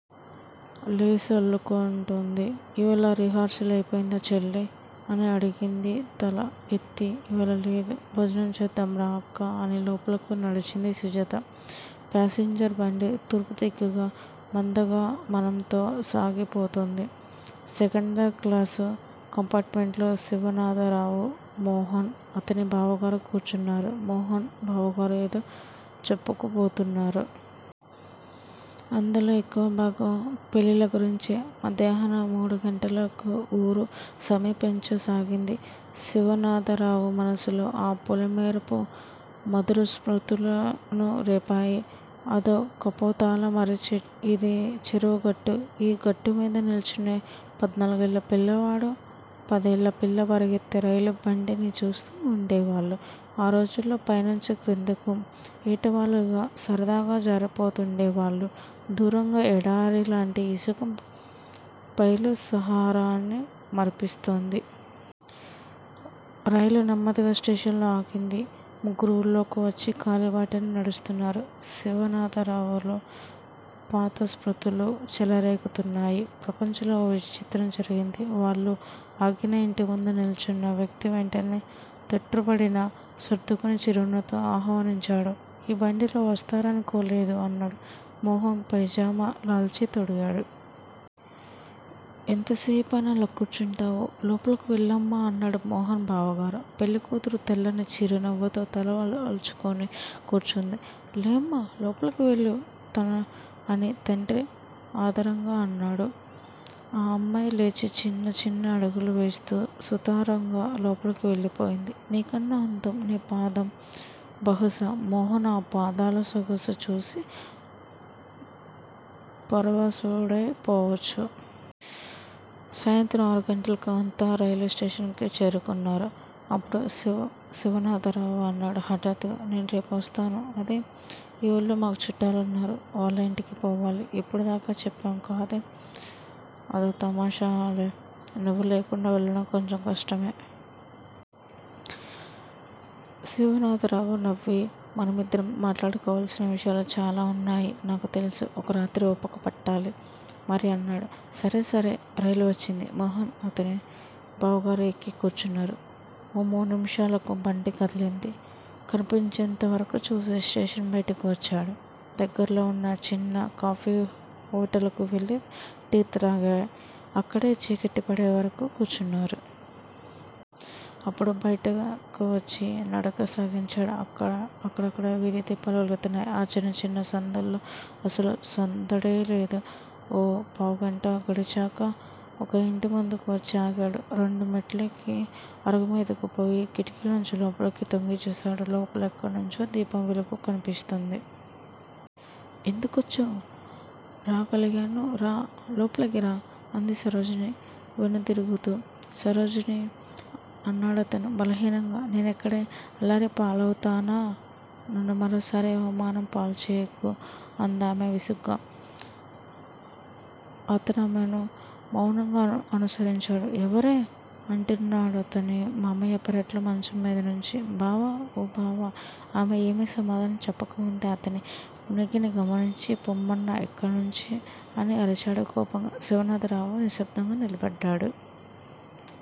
Lace అల్లుకుంటోంది. ఇవాళ rehearsals అయిపోయిందా చెల్లీ? అని అడిగింది తల ఎత్తి. ఇవాళ లేదు, భోజనం చేద్దాం రా అక్కా అని లోపలకు నడిచింది సుజాత. ప్యాసింజర్ బండి తూర్పుదిక్కుగా మందగమనంతో సాగిపోతోంది. సెకండుక్లాసు కంపార్టుమెంటులో శివనాథరావు, మోహన్, అతని బావగారూ కూర్చున్నారు. మోహన్, బావగారు ఏదో చెప్పుకుపోతున్నారు. అందులో ఎక్కువభాగం పెళ్ళిళ్ళగురించే. మధ్యాహ్నం మూడుగంటలకు ఊరు సమీపించసాగింది. శివనాథరావు మనసులో ఆ పొలిమేరలు మధురస్మృతులను రేపాయి. అదో కపోతాల మర్రి ఇది చెరువుగట్టు ఈ గట్టుమీద నిల్చునే పధ్నాలుగేళ్ళ పిల్లవాడూ, పదేళ్ళపిల్లా పరిగెత్తే రైలుబండిని చూస్తూ వుండేవాళ్ళు ఆ రోజుల్లో పైనుంచి క్రిందకు ఏటవాలుగా, సరదాగా జారిపోతూండేవాళ్ళు దూరంగా ఎడారిలాంటి ఇసుక బయలు సహారాని మరిపిస్తోంది. రైలు నెమ్మదిగా స్టేషనులో ఆగింది. ముగ్గురూ ఊళ్ళోకివచ్చి కాలిబాటన నడుస్తున్నారు. శివనాథరావులో పాత స్మృతులు చెలరేగుతున్నాయి. ప్రపంచంలో ఓ విచిత్రం జరిగింది వాళ్ళు ఆగిన ఇంటిముందు నిల్చున్న వ్యక్తి వెంటనే తొట్రుపడినా, సర్దుకుని చిరునవ్వుతో ఆహ్వానించాడు. 'ఈ బండిలో వస్తారనుకోలేదు' అన్నాడు. మోహన్ పైజామా లాల్చి తొడిగాడు. 'ఎంతసేపని అలా కూర్చుంటావు? లోపలకు వెళ్ళమ్మా' అన్నాడు మోహన్ బావగారు. పెళ్ళికూతురు తెల్లని చిరునవ్వుతో తల వాల్చుకుని కూర్చుంది. లేమ్మా, లోపలకు వెళ్ళు అని తండ్రి ఆదరంగా అన్నాడు. ఆ అమ్మాయి లేచి చిన్నచిన్న అడుగులు వేస్తూ సుతారంగా లోపలకు వెళ్ళిపోయింది. 'నీకన్నా అందం నీ పాదం' బహుశా మోహన్ ఆ పాదాలసొగసు చూసి పరవశుడైపోవచ్చు. సాయంత్రం ఆరుగంటలకు అంతా రైలు స్టేషన్ కు చేరుకున్నారు. అప్పుడు శివనాథరావు అన్నాడు హఠాత్తుగా 'నేను రేపు వస్తాను. ' అదేం? ఈ ఊళ్ళో మాకు చుట్టాలున్నారు. వాళ్ళ యింటికి పోవాలి. ఇప్పటిదాకా చెప్పావు కాదేం? అదో తమాషాలే. నువ్వు లేకుండా వెళ్ళడం కొంచెం కష్టమే. శివనాథరావు నవ్వి మనమిద్దరం మాట్లాడుకోవలసిన విషయాలు చాలా వున్నాయని నాకుతెలుసు. ఒకరాత్రి ఓపిక పట్టాలి మరి అన్నాడు. సరే, సరే. రైలు వచ్చింది. మోహన్, అతని బావగారు ఎక్కి కూర్చున్నారు. ఓ మూడు నిముషాలకు బండి కదిలింది. కనిపించేటంతవరకూ చూసి స్టేషన్ బయటకు వచ్చాడు. దగ్గరలో వున్న చిన్న కాఫీ హోటలుకు వెళ్ళి టీత్రాగి, అక్కడే చీకటి పడేవరకూ కూర్చున్నాడు. అప్పుడు బయటకు వచ్చి నడక సాగించాడు. అక్కడక్కడా వీధిదీపాలు వెలుగుతున్నాయి. ఆ చిన్నిచిన్ని సందుల్లో అసలు సందడే లేదు. ఓ పావుగంట గడిచాక ఒక యింటిముందుకు వచ్చి ఆగాడు. రెండు మెట్లుఎక్కి అరుగుమీదకు పోయి కిటికీలోంచి లోపలకు తొంగి చూశాడు. లోపల ఎక్కడినుంచో దీపం వెలుగు కనిపిస్తోంది. ఎందుకొచ్చావ్? రాగలిగాను. రా, లోపలికి రా అంది సరోజిని వెనుదిరుగుతూ. సరోజినీ అన్నాడతను బలహీనంగా నేనిక్కడ అల్లరిపాలవుతానా? నన్ను మరోసారి అవమానంపాలు చేయకు అందామె విసుగ్గా. అతనామెను మౌనంగా అనుసరించాడు. ఎవరే? అంటున్నాడతని మామయ్య పెరట్లో మంచం మీదనుంచి. బావ! ఏ బావ? ఆమె ఏమీ సమాధానం చెప్పకముందే, అతని ఉనికిని గమనించి పొమ్మను ఇక్కడినుంచి అని అరిచాడు కోపంగా. శివనాథరావు నిశ్శబ్దంగా నిలబడ్డాడు.